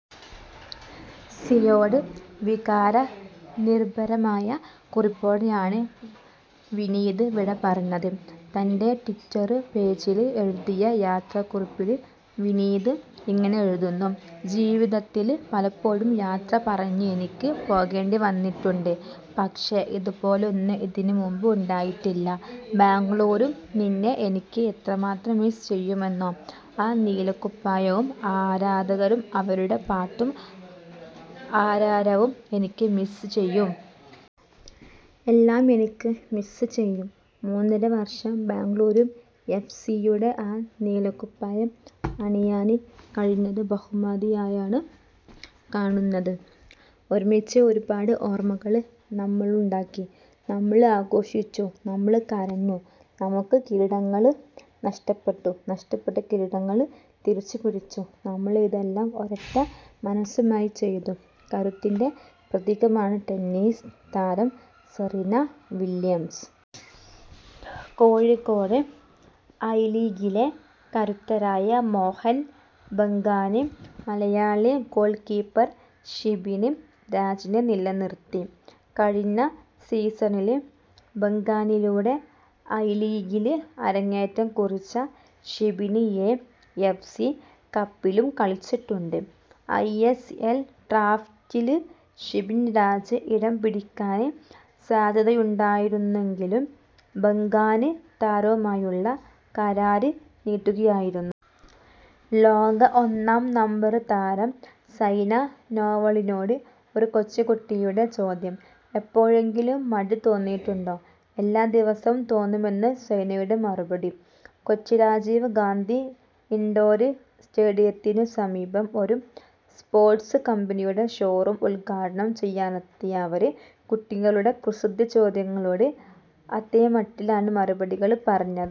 സിയോട് വികാരനിർഭരമായ കുറിപ്പോടെയാണ് വിനീത് വിടപറഞ്ഞത്. തന്റെ ട്വിറ്റർ പേജില് എഴുതിയ യാത്രാക്കുറിപ്പില് വിനീത് ഇങ്ങനെ എഴുതുന്നു. ''ജീവിതത്തില് പലപ്പോഴും യാത്ര പറഞ്ഞ് എനിക്ക് പോകേണ്ടി വന്നിട്ടുണ്ട്. പക്ഷേ ഇതുപോലൊന്ന് ഇതിന് മുമ്പ് ഉണ്ടായിട്ടില്ല. ബെംഗളൂരു, നിന്നെ എനിക്ക് എത്രമാത്രം മിസ്സ് ചെയ്യുമെന്നോ. ആ നീലക്കുപ്പായവും ആരാധകരും അവരുടെ പാട്ടും ആരവവും എനിക്ക് മിസ്സ് ചെയ്യും. എല്ലാം എനിക്ക് മിസ്സ് ചെയ്യും. മൂന്നര വർഷം ബെംഗളൂരു എഫ്. സിയുടെ ആ നീലക്കുപ്പായം അണിയാന് കഴിഞ്ഞത് ബഹുമതിയായാണ് കാണുന്നത്. ഒരുമിച്ച് ഒരുപാട് ഓർമ്മകള് നമ്മളുണ്ടാക്കി, നമ്മള് ആഘോഷിച്ചു, നമ്മള് കരഞ്ഞു, നമുക്ക് കിരീടങ്ങള് നഷ്ടപ്പെട്ടു, നഷ്ടപ്പെട്ട കിരീടങ്ങള് തിരിച്ചുപിടിച്ചു. നമ്മള് ഇതെല്ലാം ഒരൊറ്റ മനസ്സുമായി ചെയ്തു. കരുത്തിന്റെ പ്രതീകമാണ് ടെന്നീസ് താരം സെറീന വില്യംസ്. കോഴിക്കോട്:ഐലീഗിലെ കരുത്തരായ മോഹന് ബഗാന് മലയാളി ഗോള്കീപ്പർ ഷിബിന് രാജിനെ നിലനിർത്തി. കഴിഞ്ഞ സീസണില് ബഗാനിലൂടെ ഐലീഗില് അരങ്ങേറ്റം കുറിച്ച ഷിബിന് എ. എഫ്. സി കപ്പിലും കളിച്ചിട്ടുണ്ട്. ഐ. എസ്. എല് ഡ്രാഫ്റ്റില് ഷിബിന് രാജ് ഇടം പിടിക്കാന് സാധ്യതയുണ്ടായിരുന്നെങ്കിലും ബഗാന് താരവുമായുള്ള കരാർ നീട്ടുകയായിരുന്നു. ലോക ഒന്നാം നമ്പര് താരം സൈന നേവാളിനോട് ഒരു കൊച്ചുകുട്ടിയുടെ ചോദ്യം. എപ്പോഴെങ്കിലും മടി തോന്നിയിട്ടുണ്ടോ. എല്ലാ ദിവസവും തോന്നുമെന്ന് സൈനയുടെ മറുപടി. കൊച്ചി രാജീവ് ഗാന്ധി ഇന്ഡോര് സ്റ്റേഡിയത്തിനു സമീപം ഒരു സ്പോര്ട്സ് കമ്പനിയുടെ ഷോറൂം ഉദ്ഘാടനം ചെയ്യാനെത്തിയ അവര് കുട്ടികളുടെ കുസൃതിച്ചോദ്യങ്ങളോട് അതേമട്ടിലാണ് മറുപടികള് പറഞ്ഞത്.